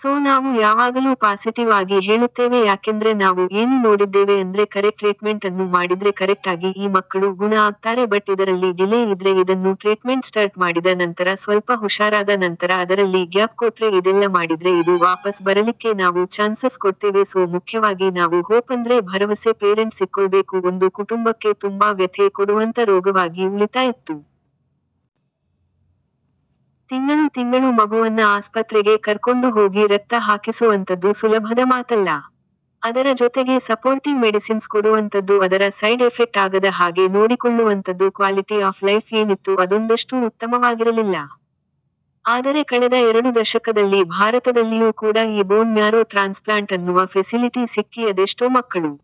So ನಾವು ಯಾವಾಗಲೂ positive ಆಗಿ ಹೇಳುತ್ತೇವೆ ಯಾಕೆಂದ್ರೆ ನಾವು ಏನು ನೋಡಿದ್ದೇವೆ ಅಂದ್ರೆ ಕರೆಕ್ಟ್ ಟ್ರೀಟ್ಮೆಂಟ್ ಅನ್ನು ಮಾಡಿದ್ರೆ ಕರೆಕ್ಟಾಗಿ ಈ ಮಕ್ಕಳು ಗುಣ ಆಗ್ತಾರೆ ಬಟ್ ಇದರಲ್ಲಿ ಡಿಲೇ ಇದ್ರೆ ಇದನ್ನು ಟ್ರೀಟ್ಮೆಂಟ್ ಸ್ಟಾರ್ಟ್ ಮಾಡಿದ ನಂತರ ಸ್ವಲ್ಪ ಹುಷಾರಾದ ನಂತರ ಅದರಲ್ಲಿ ಗ್ಯಾಪ್ ಕೊಟ್ರೆ ಇದೆಲ್ಲ ಮಾಡಿದ್ರೆ ಇದು ವಾಪಸ್ ಬರಲಿಕ್ಕೆ ನಾವು ಚಾನ್ಸಸ್ ಕೊಡ್ತೇವೆ ಸೋ ಮುಖ್ಯವಾಗಿ ನಾವು ಹೋಪ್ ಅಂದ್ರೆ ಭರವಸೆ ಪೇರೆಂಟ್ಸ್ ಇಟ್ಕೊಳ್ಬೇಕು ಒಂದು ಕುಟುಂಬಕ್ಕೆ ತುಂಬಾ ವ್ಯಥೆ ಕೊಡುವಂತ ರೋಗವಾಗಿ ಉಳಿತಾ ಇತ್ತು. ತಿಂಗಳು ತಿಂಗಳು ಮಗುವನ್ನ ಆಸ್ಪತ್ರೆಗೆ ಕರ್ಕೊಂಡು ಹೋಗಿ ರಕ್ತ ಹಾಕಿಸುವಂತದ್ದು ಸುಲಭದ ಮಾತಲ್ಲ. ಅದರ ಜೊತೆಗೆ ಸಪೋರ್ಟಿವ್ ಮೆಡಿಸಿನ್ಸ್ ಕೊಡುವಂತದ್ದು ಅದರ ಸೈಡ್ ಎಫೆಕ್ಟ್ ಆಗದ ಹಾಗೆ ನೋಡಿಕೊಳ್ಳುವಂತದ್ದು ಕ್ವಾಲಿಟಿ ಆಫ್ ಲೈಫ್ ಏನಿತ್ತು ಅದೊಂದಷ್ಟು ಉತ್ತಮವಾಗಿರಲಿಲ್ಲ. ಆದರೆ ಕಳೆದ ಎರಡು ದಶಕದಲ್ಲಿ ಭಾರತದಲ್ಲಿಯೂ ಕೂಡ ಈ ಬೋನ್ ಮ್ಯಾರೋ ಟ್ರಾನ್ಸ್ಪ್ಲಾಂಟ್ ಅನ್ನುವ ಫೆಸಿಲಿಟಿ ಸಿಕ್ಕಿ ಅದೆಷ್ಟೋ ಮಕ್ಕಳು.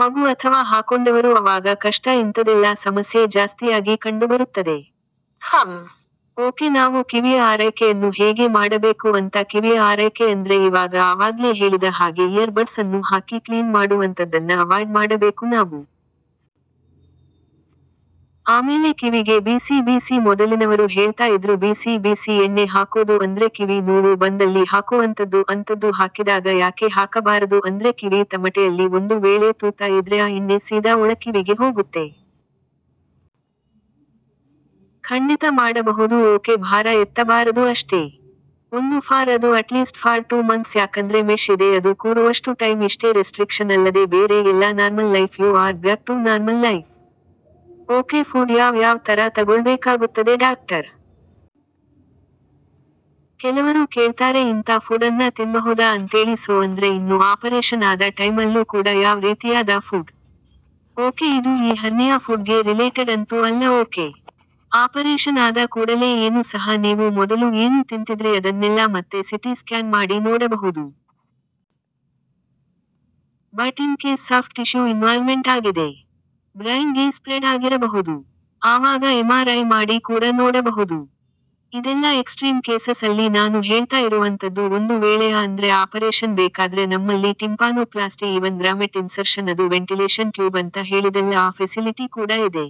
ಮಗು ಅಥವಾ ಹಾಕೊಂಡವರು ಅವಾಗ ಕಷ್ಟ ಇಂತದೆಲ್ಲಾ ಸಮಸ್ಯೆ ಜಾಸ್ತಿಯಾಗಿ ಕಂಡುಬರುತ್ತದೆ. ಹುಂ. ಓಕೆ ನಾವು ಕಿವಿಯ ಆರೈಕೆಯನ್ನು ಹೇಗೆ ಮಾಡಬೇಕು ಅಂತ ಕಿವಿಯ ಆರೈಕೆ ಅಂದ್ರೆ ಇವಾಗ ಆವಾಗ್ಲೇ ಹೇಳಿದ ಹಾಗೆ ಇಯರ್ ಬಡ್ಸ್ ಅನ್ನು ಹಾಕಿ ಕ್ಲೀನ್ ಮಾಡುವಂತದ್ದನ್ನ ಅವಾಯ್ಡ್ ಮಾಡಬೇಕು ನಾವು. ಆಮೇಲೆ ಕಿವಿಗೆ ಬಿಸಿ ಬಿಸಿ ಮೊದಲಿನವರು ಹೇಳ್ತಾ ಇದ್ರು ಬಿಸಿ ಬಿಸಿ ಎಣ್ಣೆ ಹಾಕೋದು ಅಂದ್ರೆ ಕಿವಿ ನೋವು ಬಂದಲ್ಲಿ ಹಾಕುವಂತದ್ದು ಅಂತದ್ದು ಹಾಕಿದಾಗ ಯಾಕೆ ಹಾಕಬಾರದು ಅಂದ್ರೆ ಕಿವಿ ತಮಟೆಯಲ್ಲಿ ಒಂದು ವೇಳೆ ತೂತ ಇದ್ರೆ ಆ ಎಣ್ಣೆ ಸೀದಾ ಒಳಕಿವಿಗೆ ಹೋಗುತ್ತೆ. ಹುಂ. ಖಂಡಿತ ಮಾಡಬಹುದು ಓಕೆ ಭಾರ ಎತ್ತಬಾರದು ಅಷ್ಟೇ. ಒಂದು ಫಾರ್ ಅದು ಅಟ್ಲೀಸ್ಟ್ ಫಾರ್ ಟು ಮಂತ್ಸ್ ಯಾಕಂದ್ರೆ ಮೆಶ್ ಇದೆ ಅದು ಕೂರುವಷ್ಟು ಟೈಮ್ ಇಷ್ಟೇ ರೆಸ್ಟ್ರಿಕ್ಷನ್ ಅಲ್ಲದೆ ಬೇರೆ ಎಲ್ಲಾ normal life you are back to normal life. Okay food ಯಾವ್ ಯಾವ್ ತರ ತಗೊಳ್ಬೇಕಾಗುತ್ತದೆ ಡಾಕ್ಟರ್. ಕೆಲವರು ಕೇಳ್ತಾರೆ ಇಂತ ಫುಡ್ ಅನ್ನ ತಿನ್ಬಹುದಾ ಅಂತೇಳಿ ಸೋ ಅಂದ್ರೆ ಇನ್ನು ಆಪರೇಷನ್ ಆದ ಟೈಮ್ ಅಲ್ಲೂ ಕೂಡ ಯಾವ್ ರೀತಿಯಾದ ಫುಡ್. ಓಕೆ ಇದು ಈ ಹರ್ನಿಯಾ ಫುಡ್ ಗೆ ರಿಲೇಟೆಡ್ ಅಂತೂ ಅಲ್ಲ ಓಕೆ. ಆಪರೇಷನ್ ಆದ ಕೂಡಲೇ ಏನು ಸಹ ನೀವು ಮೊದಲು ಏನು ತಿಂತಿದ್ರಿ ಅದನ್ನೆಲ್ಲಾ ಮತ್ತೆ ಸಿಟಿ ಸ್ಕ್ಯಾನ್ ಮಾಡಿ ನೋಡಬಹುದು. But in case soft tissue involvement ಆಗಿದೆ. ಬ್ರೈನ್ ಗೆ ಸ್ಪ್ರೆಡ್ ಆಗಿರಬಹುದು. ಆವಾಗ ಎಂಆರ್ ಐ ಮಾಡಿ ಕೂಡ ನೋಡಬಹುದು. ಇದೆಲ್ಲಾ ಎಕ್ಸ್ಟ್ರೀಮ್ ಕೇಸಸ್ ಅಲ್ಲಿ ನಾನು ಹೇಳ್ತಾ ಇರುವಂತದ್ದು ಒಂದು ವೇಳೆ ಆ ಅಂದ್ರೆ ಆಪರೇಷನ್ ಬೇಕಾದ್ರೆ ನಮ್ಮಲ್ಲಿ ಟಿಂಪಾನೋಪ್ಲಾಸ್ಟಿ ಇವನ್ ಗ್ರಾಮೆಟ್ ಇನ್ಸರ್ಷನ್ ಅದು ವೆಂಟಿಲೇಷನ್ ಟ್ಯೂಬ್ ಅಂತ ಹೇಳಿದಲ್ಲ ಆ ಫೆಸಿಲಿಟಿ ಕೂಡ ಇದೆ.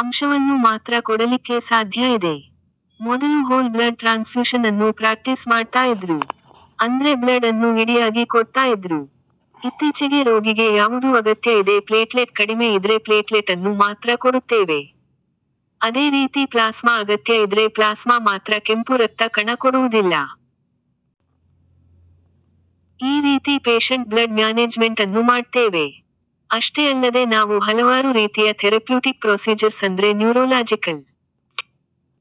ಅಂಶವನ್ನು ಮಾತ್ರ ಕೊಡಲಿಕ್ಕೆ ಸಾಧ್ಯ ಇದೆ. ಮೊದಲು ಹೋಲ್ ಬ್ಲಡ್ ಟ್ರಾನ್ಸ್ಫ್ಯೂಷನ್ ಅನ್ನು ಪ್ರಾಕ್ಟೀಸ್ ಮಾಡ್ತಾ ಇದ್ರು. ಅಂದ್ರೆ ಬ್ಲಡ್ ಅನ್ನು ಇಡಿಯಾಗಿ ಕೊಡ್ತಾ ಇದ್ರು. ಇತ್ತೀಚೆಗೆ ರೋಗಿಗೆ ಯಾವುದು ಅಗತ್ಯ ಇದೆ ಪ್ಲೇಟ್ಲೆಟ್ ಕಡಿಮೆ ಇದ್ರೆ ಪ್ಲೇಟ್ಲೆಟ್ ಅನ್ನು ಮಾತ್ರ ಕೊಡುತ್ತೇವೆ. ಅದೇ ರೀತಿ ಪ್ಲಾಸ್ಮಾ ಅಗತ್ಯ ಇದ್ರೆ ಪ್ಲಾಸ್ಮಾ ಮಾತ್ರ ಕೆಂಪು ರಕ್ತ ಕಣ ಕೊಡುವುದಿಲ್ಲ. ಈ ರೀತಿ ಪೇಷಂಟ್ ಬ್ಲಡ್ ಮ್ಯಾನೇಜ್ಮೆಂಟ್ ಅನ್ನು ಮಾಡ್ತೇವೆ. ಅಷ್ಟೇ ಅಲ್ಲದೆ ನಾವು ಹಲವಾರು ರೀತಿಯ ಥೆರಪ್ಯೂಟಿಕ್ ಪ್ರೊಸೀಜರ್ಸ್ ಅಂದ್ರೆ ನ್ಯೂರೋಲಾಜಿಕಲ್.